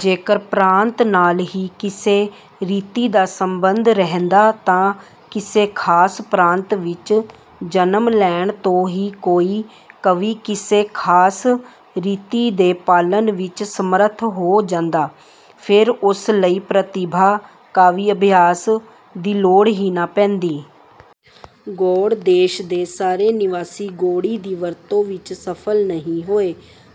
ਜੇਕਰ ਪ੍ਰਾਂਤ ਨਾਲ ਹੀ ਕਿਸੇ ਰੀਤੀ ਦਾ ਸਬੰਧ ਰਹਿੰਦਾ ਤਾਂ ਕਿਸੇ ਖਾਸ ਪ੍ਰਾਂਤ ਵਿੱਚ ਜਨਮ ਲੈਣ ਤੋਂ ਹੀ ਕੋਈ ਕਵੀ ਕਿਸੇ ਖਾਸ ਰੀਤੀ ਦੇ ਪਾਲਨ ਵਿੱਚ ਸਮਰਥ ਹੋ ਜਾਂਦਾ। ਫਿਰ ਉਸ ਲਈ ਪ੍ਰਤਿਭਾ, ਕਾਵਿ-ਅਭਿਆਸ ਦੀ ਲੋੜ ਹੀ ਨਾ ਪੈਂਦੀ। ਗੌੜ ਦੇਸ਼ ਦੇ ਸਾਰੇ ਨਿਵਾਸੀ ਗੌੜੀ ਦੀ ਵਰਤੋਂ ਵਿੱਚ ਸਫਲ ਨਹੀਂ ਹੋਏ।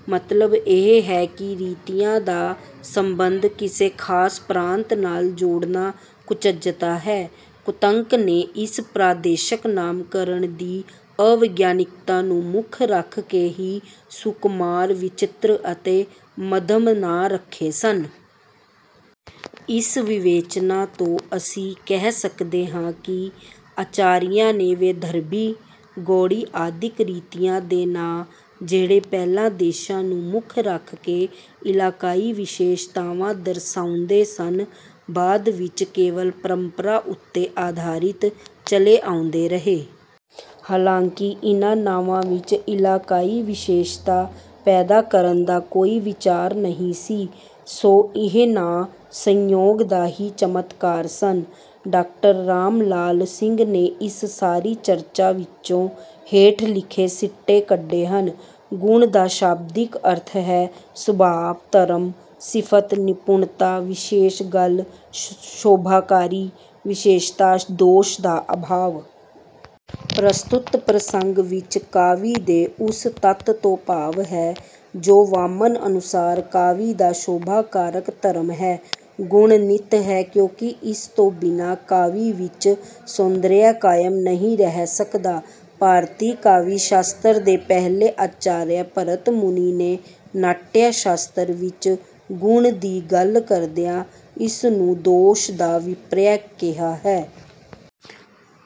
ਮਤਲਬ ਇਹ ਹੈ ਕਿ ਰੀਤੀਆਂ ਦਾ ਸਬੰਧ ਕਿਸੇ ਖਾਸ ਪ੍ਰਾਂਤ ਨਾਲ ਜੋੜਨਾ ਕੁਚੱਜਤਾ ਹੈ। ਕੁਤੰਕ ਨੇ ਇਸ ਪ੍ਰਾਦੇਸ਼ਕ ਨਾਮਕਰਣ ਦੀ ਅਵਿਗਿਆਨਿਕਤਾ ਨੂੰ ਮੁੱਖ ਰੱਖ ਕੇ ਹੀ ਸੁਕੁਮਾਰ, ਵਿਚਿਤ੍ਰ ਅਤੇ ਮੱਧਮ ਨਾਂ ਰੱਖੇ ਸਨ। ਇਸ ਵਿਵੇਚਨਾ ਤੋਂ ਅਸੀਂ ਕਹਿ ਸਕਦੇ ਹਾਂ ਕਿ ਆਚਾਰੀਆਂ ਨੇ ਵੈਦਰਭੀ, ਗੌੜੀ ਆਦਿਕ ਰੀਤੀਆਂ ਦੇ ਨਾਂ ਜਿਹੜੇ ਪਹਿਲਾਂ ਦੇਸ਼ਾਂ ਨੂੰ ਮੁੱਖ ਰੱਖ ਕੇ ਇਲਾਕਾਈ ਵਿਸ਼ੇਸ਼ਤਾਵਾਂ ਦਰਸਾਉਂਦੇ ਸਨ, ਬਾਅਦ ਵਿੱਚ ਕੇਵਲ ਪਰੰਪਰਾ ਉੱਤੇ ਆਧਾਰਿਤ ਚਲੇ ਆਉਂਦੇ ਰਹੇ। ਹਾਲਾਂਕਿ ਇਨ੍ਹਾਂ ਨਾਵਾਂ ਵਿੱਚ ਇਲਾਕਾਈ ਵਿਸ਼ੇਸ਼ਤਾ ਪੈਦਾ ਕਰਨ ਦਾ ਕੋਈ ਵਿਚਾਰ ਨਹੀਂ ਸੀ। ਸੋ ਇਹ ਨਾਂ ਸੰਯੋਗ ਦਾ ਹੀ ਚਮਤਕਾਰ ਸਨ। ਡਾਕਟਰ ਰਾਮਲਾਲ ਸਿੰਘ ਨੇ ਇਸ ਸਾਰੀ ਚਰਚਾ ਵਿੱਚੋਂ ਹੇਠ ਲਿਖੇ ਸਿੱਟੇ ਕੱਢੇ ਹਨ - ਗੁਣ ਦਾ ਸ਼ਾਬਦਿਕ ਅਰਥ ਹੈ - ਸੁਭਾਅ, ਧਰਮ, ਸਿਫ਼ਤ, ਨਿਪੁਣਤਾ, ਵਿਸ਼ੇਸ਼ ਗੱਲ, ਸ਼ੋਭਾਕਾਰੀ ਵਿਸ਼ੇਸ਼ਤਾ, ਦੋਸ਼ ਦਾ ਅਭਾਵ। ਪ੍ਰਸਤੁਤ ਪ੍ਰਸੰਗ ਵਿੱਚ ਕਾਵਿ ਦੇ ਉਸ ਤੱਤ ਤੋਂ ਭਾਵ ਹੈ ਜੋ ਵਾਮਨ ਅਨੁਸਾਰ ਕਾਵਿ ਦਾ ਸ਼ੋਭਾਕਾਰਕ ਧਰਮ ਹੈ। ਗੁਣ ਨਿੱਤ ਹੈ ਕਿਉਂਕਿ ਇਸ ਤੋਂ ਬਿਨਾਂ ਕਾਵਿ ਵਿੱਚ ਸੌਂਦਰਯ ਕਾਇਮ ਨਹੀਂ ਰਹਿ ਸਕਦਾ। ਭਾਰਤੀ ਕਾਵਿ-ਸ਼ਾਸਤਰ ਦੇ ਪਹਿਲੇ ਆਚਾਰਯ ਭਰਤ ਮੁਨੀ ਨੇ ਨਾਟਯ-ਸ਼ਾਸਤਰ ਵਿੱਚ ਗੁਣ ਦੀ ਗੱਲ ਕਰਦਿਆਂ ਇਸ ਨੂੰ ਦੋਸ਼ ਦਾ ਵਿਪਰਯਯ ਕਿਹਾ ਹੈ।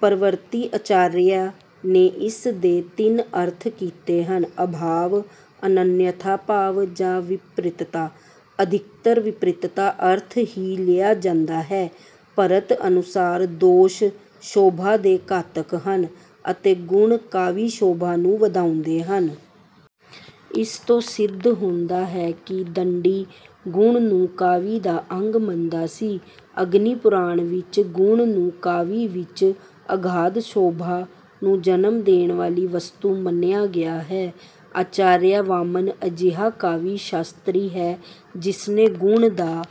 ਪਰਵਰਤੀ ਆਚਾਰੀਆਂ ਨੇ ਇਸ ਦੇ ਤਿੰਨ ਅਰਥ ਕੀਤੇ ਹਨ - ਅਭਾਵ, ਅਨਨ੍ਯਥਾ ਭਾਵ ਜਾਂ ਵਿਪਰੀਤਤਾ। ਅਧਿਕਤਰ ਵਿਪਰੀਤਤਾ ਅਰਥ ਹੀ ਲਿਆ ਜਾਂਦਾ ਹੈ। ਭਰਤ ਅਨੁਸਾਰ ਦੋਸ਼ ਸ਼ੋਭਾ ਦੇ ਘਾਤਕ ਹਨ ਅਤੇ ਗੁਣ ਕਾਵਿ-ਸ਼ੋਭਾ ਨੂੰ ਵਧਾਉਂਦੇ ਹਨ। ਇਸ ਤੋਂ ਸਿੱਧ ਹੁੰਦਾ ਹੈ ਕਿ ਦੰਡੀ ਗੁਣ ਨੂੰ ਕਾਵਿ ਦਾ ਅੰਗ ਮੰਨਦਾ ਸੀ। ਅਗਨਿ ਪੁਰਾਣ ਵਿੱਚ ਗੁਣ ਨੂੰ ਕਾਵਿ ਵਿੱਚ ਅਗਾਧ ਸ਼ੋਭਾ ਨੂੰ ਜਨਮ ਦੇਣ ਵਾਲੀ ਵਸਤੂ ਮੰਨਿਆ ਗਿਆ ਹੈ। ਆਚਾਰਯ ਵਾਮਨ ਅਜਿਹਾ ਕਾਵਿ-ਸ਼ਾਸਤਰੀ ਹੈ ਜਿਸਨੇ ਗੁਣ ਦਾ